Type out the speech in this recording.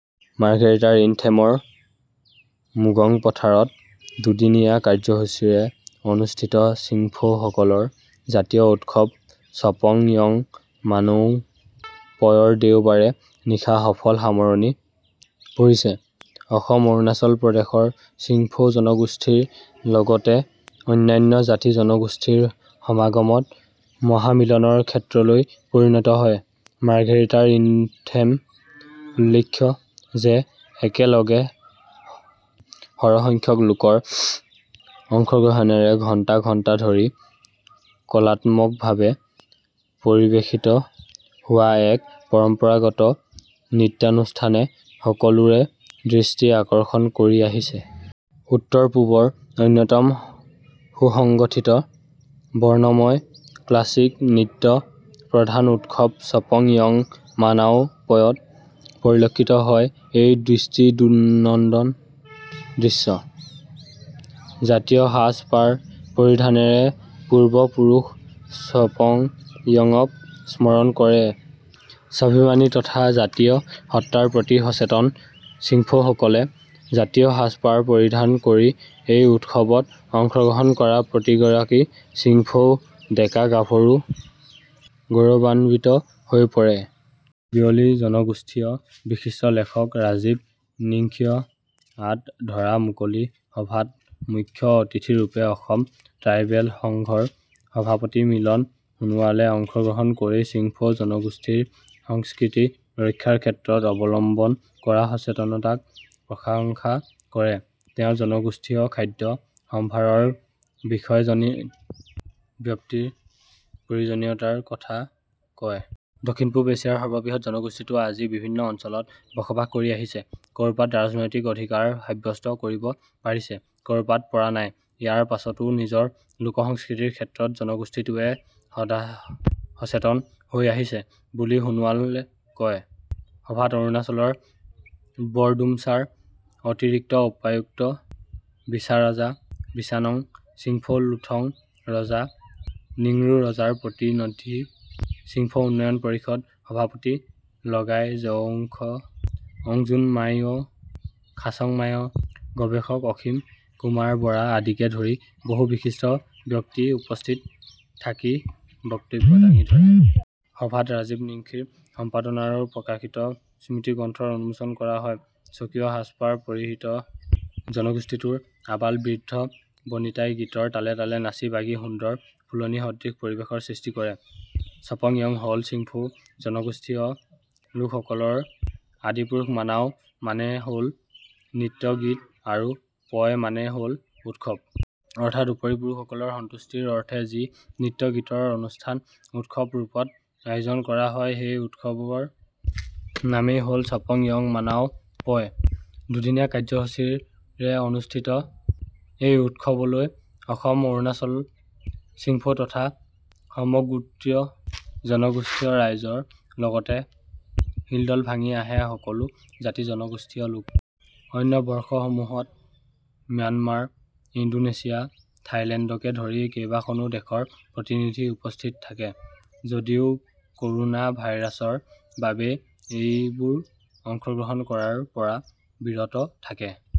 মাৰ্ঘেৰিটাৰ ইনথেমৰ মুগংপথাৰত দুদিনীয়া কাৰ্যসূচীৰে অনুষ্ঠিত চিংফৌসকলৰ জাতীয় উৎসৱ স্বপং য়ং মানাও পয়ৰ দেওবাৰে নিশা সফল সামৰণি পৰিছে। অসম-অৰুণাচল প্ৰদেশৰ চিংফৌ জনগোষ্ঠীৰ লগতে অন্যান্য জাতি-জনগোষ্ঠীৰ সমাগমত মহামিলনৰ ক্ষেত্ৰলৈ পৰিণত হয় মাৰ্ঘেৰিটাৰ ইনথেম। উল্লেখ্য যে একেলগে সৰহসংখ্যক লোকৰ অংশগ্ৰহণেৰে ঘণ্টা ঘণ্টা ধৰি কলাত্মকভাৱে পৰিৱেশিত হোৱা এক পৰম্পৰাগত নৃত্যানুষ্ঠানে সকলোৰে দৃষ্টি আকৰ্ষণ কৰি আহিছে। উত্তৰ-পূবৰ অন্যতম সুসংগঠিত, বৰ্ণময় ক্লাছিক নৃত্য প্ৰধান উৎসৱ স্বপং য়ং মানাও পয়ত পৰিলক্ষিত হয় এই দৃষ্টিনন্দন দৃশ্য। জাতীয় সাজ-পাৰ পৰিধানেৰে পূৰ্বপুৰুষ স্বপং য়ঙক স্মৰণ কৰে স্বাভিমানী তথা জাতীয় সত্তাৰ প্ৰতি সচেতন চিংফৌসকলে। জাতীয় সাজ-পাৰ পৰিধান কৰি এই উৎসৱত অংশগ্ৰহণ কৰা প্ৰতিগৰাকী চিংফৌ ডেকা-গাভৰু গৌৰৱান্বিত হৈ পৰে। বিয়লি জনগোষ্ঠীয় বিশিষ্ট লেখক ৰাজীৱ নিংখীয়ে আঁত ধৰা মুকলি সভাত মুখ্য অতিথিৰূপে অসম ট্ৰাইবেল সংঘৰ সভাপতি মিলন সোণোৱালে অংশগ্ৰহণ কৰি চিংফৌ জনগোষ্ঠীৰ সংস্কৃতি ৰক্ষাৰ ক্ষেত্ৰত অৱলম্বন কৰা সচেতনতাক প্ৰশংসা কৰে। তেওঁ জনগোষ্ঠীয় খাদ্য সম্ভাৰৰ বিশয়জনীন ব্যাপ্তিৰ প্ৰয়োজনীয়তাৰ কথা কয়। দক্ষিণ-পূব এছিয়াৰ সৰ্ববৃহৎ জনগোষ্ঠীটো আজি বিভিন্ন অঞ্চলত বসবাস কৰি আহিছে; ক'ৰবাত ৰাজনৈতিক অধিকাৰ সাব্যস্ত কৰিব পাৰিছে, ক'ৰবাত পৰা নাই। ইয়াৰ পাছতো নিজৰ লোকসংস্কৃতিৰ ক্ষেত্ৰত জনগোষ্ঠীটোৱে সদাসচেতন হৈ আহিছে বুলি সোণোৱালে কয়। সভাত অৰুণাচলৰ বৰডুমছাৰ অতিৰিক্ত উপায়ুক্ত বিচাৰজা বিচানং, চিংফৌ লুথং ৰজা, নিংৰু ৰজাৰ প্ৰতিনিধি, চিংফৌ উন্নয়ন পৰিষদৰ সভাপতি লাগাই জওখং, অংযুন মাইঅ', খাচং মাইঅ', গৱেষক অসীম কুমাৰ বৰা আদিকে ধৰি বহু বিশিষ্ট ব্যক্তি উপস্থিত থাকি বক্তব্য দাঙি ধৰে। সভাত ৰাজীৱ নিংখীৰ সম্পাদনাৰে প্ৰকাশিত স্মৃতিগ্ৰন্থখন উন্মোচন কৰা হয়। স্বকীয় সাজ-পাৰ পৰিহিত জনগোষ্ঠীটোৰ আবাল-বৃদ্ধ-বনিতাই গীতৰ তালে তালে নাচি-বাগি সুন্দৰ ফুলনিসদৃশ পৰিৱেশৰ সৃষ্টি কৰে। স্বপং য়ং হ'ল চিংফৌ জনগোষ্ঠীয় লোকসকলৰ আদিপুৰুষ, 'মানাও' মানে হ'ল নৃত্য-গীত আৰু 'পয়' মানে হ'ল উৎসৱ। অৰ্থাৎ উপৰিপুৰুষসকলৰ সন্তুষ্টিৰ অৰ্থে যি নৃত্য-গীতৰ অনুষ্ঠান উৎসৱ ৰূপত আয়োজন কৰা হয়, সেই উৎসৱৰ নামেই হ'ল স্বপং য়ং মানাও পয়। দুদিনীয়া কাৰ্যসূচীৰে অনুষ্ঠিত এই উৎসৱলৈ অসম-অৰুণাচলৰ চিংফৌ তথা সমগোত্ৰীয় জনগোষ্ঠীয় ৰাইজৰ লগতে হিলদল ভাঙি আহে সকলো জাতি-জনগোষ্ঠীয় লোক। অন্য বৰ্ষসমূহত ম্যানমাৰ, ইণ্ডোনেছিয়া, থাইলেণ্ডকে ধৰি কেইবাখনো দেশৰ প্ৰতিনিধি উপস্থিত থাকে যদিও ক'ৰোনা ভাইৰাছৰ বাবেই এইবোৰ অংশগ্ৰহণ কৰাৰ পৰা বিৰত থাকে।